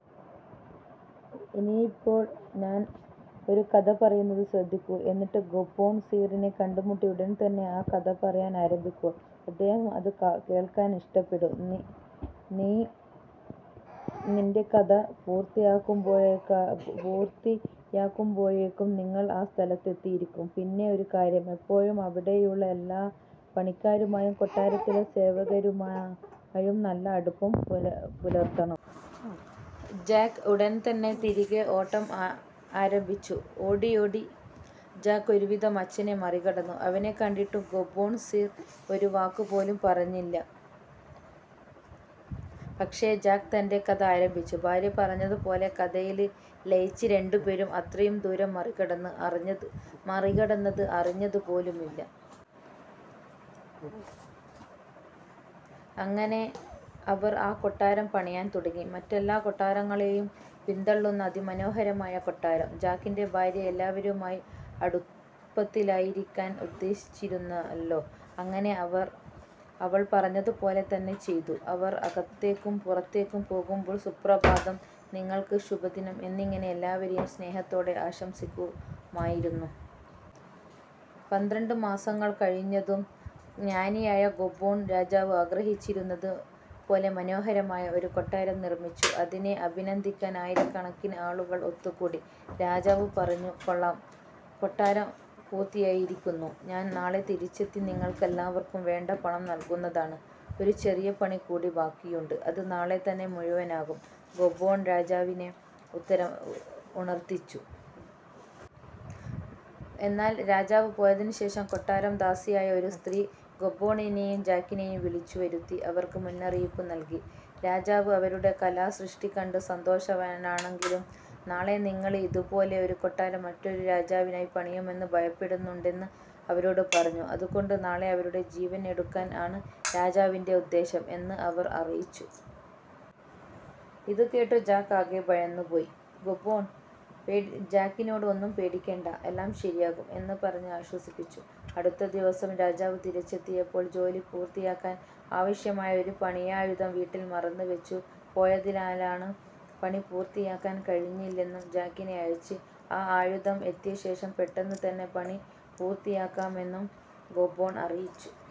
ഇനിയിപ്പോള് ഞാൻ ഒരു കഥ പറയുന്നത് ശ്രദ്ധിക്കൂ, എന്നിട്ട് ഗോബ്ബോൺ സീറിനെ കണ്ടുമുട്ടി ഉടൻ തന്നെ ആ കഥ പറയാന് ആരംഭിക്കുക. അദ്ദേഹം അത് കേൾക്കാൻ ഇഷ്ടപ്പെടും, നീ നിന്റെ കഥ പൂർത്തിയാകുമ്പോഴേക്കും നിങ്ങള് ആ സ്ഥലത്തെത്തിയിരിക്കും. പിന്നെ ഒരു കാര്യം, എപ്പോഴും അവിടെയുള്ള എല്ലാ പണിക്കാരുമായും, കൊട്ടാരത്തിലെ സേവകരുമായും നല്ല അടുപ്പം പുലർത്തണം. " ജാക്ക് ഉടൻ തന്നെ തിരികെ ഓട്ടം ആരഭിച്ചു. ഓടിയോടി ജാക്ക് ഒരു വിധം അച്ഛനെ മറികടന്നു. അവനെ കണ്ടിട്ടും ഗോബ്ബോൺ സീർ ഒരു വാക്കുപോലും പറഞ്ഞില്ല, പക്ഷേ ജാക്ക് തന്റെ കഥ ആരംഭിച്ചു, ഭാര്യ പറഞ്ഞതുപോലെ കഥയില് ലയിച്ച് രണ്ടു പേരും അത്രയും ദൂരം മറികടന്നത് അറിഞ്ഞത് പോലുമില്ല. അങ്ങിനെ അവർ ആ കൊട്ടാരം പണിയാൻ തുടങ്ങി. മറ്റെല്ലാ കൊട്ടാരങ്ങളെയും പിന്തള്ളുന്ന അതിമനോഹരമായ കൊട്ടാരം! ജാക്കിന്റെ ഭാര്യ എല്ലാവരുമായി അടുപ്പത്തിലായിരിക്കാൻ ഉപദേശിച്ചിരുന്നല്ലോ? അങ്ങനെ അവർ അവൾ പറഞ്ഞതുപോലെ തന്നെ ചെയ്തു, അവർ അകത്തേക്കും പുറത്തേക്കും പോകുമ്പോൾ "സുപ്രഭാതം", "നിങ്ങൾക്ക് ശുഭദിനം" എന്നിങ്ങനെ എല്ലാവരെയും സ്നേഹത്തോടെ ആശംസിക്കുമായിരുന്നു. പന്ത്രണ്ട് മാസങ്ങള് കഴിഞ്ഞതും, ജ്ഞാനിയായ ഗോബ്ബോൺ രാജാവ് ആഗ്രഹിച്ചിരുന്നത് പോലെ മനോഹരമായ ഒരു കൊട്ടാരം നിർമ്മിച്ചു, അതിനെ അഭിനന്ദിക്കാൻ ആയിരക്കണക്കിന് ആളുകൾ ഒത്തുകൂടി. രാജാവ് പറഞ്ഞു: "കൊള്ളാം. കൊട്ടാരം പൂർത്തിയായിരിക്കുന്നു. ഞാൻ നാളെ തിരിച്ചെത്തി നിങ്ങൾക്കെല്ലാവർക്കും വേണ്ട പണം നൽകുന്നതാണ്. " "ഒരു ചെറിയ പണി കൂടി ബാക്കിയുണ്ട്, അത് നാളെ തന്നെ മുഴുവനാകും" ഗോബ്ബോൺ രാജാവിനെ ഉണർത്തിച്ചു. എന്നാൽ രാജാവ് പോയതിനുശേഷം, കൊട്ടാരം ദാസിയായ ഒരു സ്ത്രീ ഗോബ്ബോണിനെയും ജാക്കിനെയും വിളിച്ചുവരുത്തി. അവർക്ക് മുന്നറിയിപ്പ് നല്കി. രാജാവ് അവരുടെ കലാസൃഷ്ടി കണ്ട് സന്തോഷവാനാണെങ്കിലും, നാളെ നിങ്ങള് ഇത് പോലെ ഒരു കൊട്ടാരംമറ്റൊരു രാജാവിനായി പണിയുമെന്ന് ഭയപ്പെടുന്നുണ്ടെന്ന് അവരോട് പറഞ്ഞു. അത് കൊണ്ട് നാളെ അവരുടെ ജീവൻ എടുക്കാൻ ആണ് രാജാവിന്റെ ഉദ്ദേശ്യം എന്ന് അവർ അറിയിച്ചു. ഇത് കേട്ടു ജാക്ക് ആകെ ഭയന്ന് പോയി. ഗോബ്ബോൺ ജാക്കിനോട് ഒന്നും പേടിക്കേണ്ട, എല്ലാം ശരിയാകും എന്ന് പറഞ്ഞ് ആശ്വസിപ്പിച്ചു. അടുത്ത ദിവസം രാജാവ് തിരിച്ചെത്തിയപ്പോൾ, ജോലി പൂർത്തിയാക്കാൻ ആവശ്യമായ ഒരു പണിയായുധം വീട്ടില് മറന്നു വെച്ചു പോയതിനാല് പണി പൂര്ത്തിയാക്കാന് കഴിഞ്ഞില്ലെന്നും, ജാക്കിനെ അയച്ച് ആ ആയുധം എത്തിയ ശേഷം പെട്ടെന്ന് തന്നെ പണി പൂരത്തിയാക്കാമെന്നും ഗോബ്ബോൺ അറിയിച്ചു.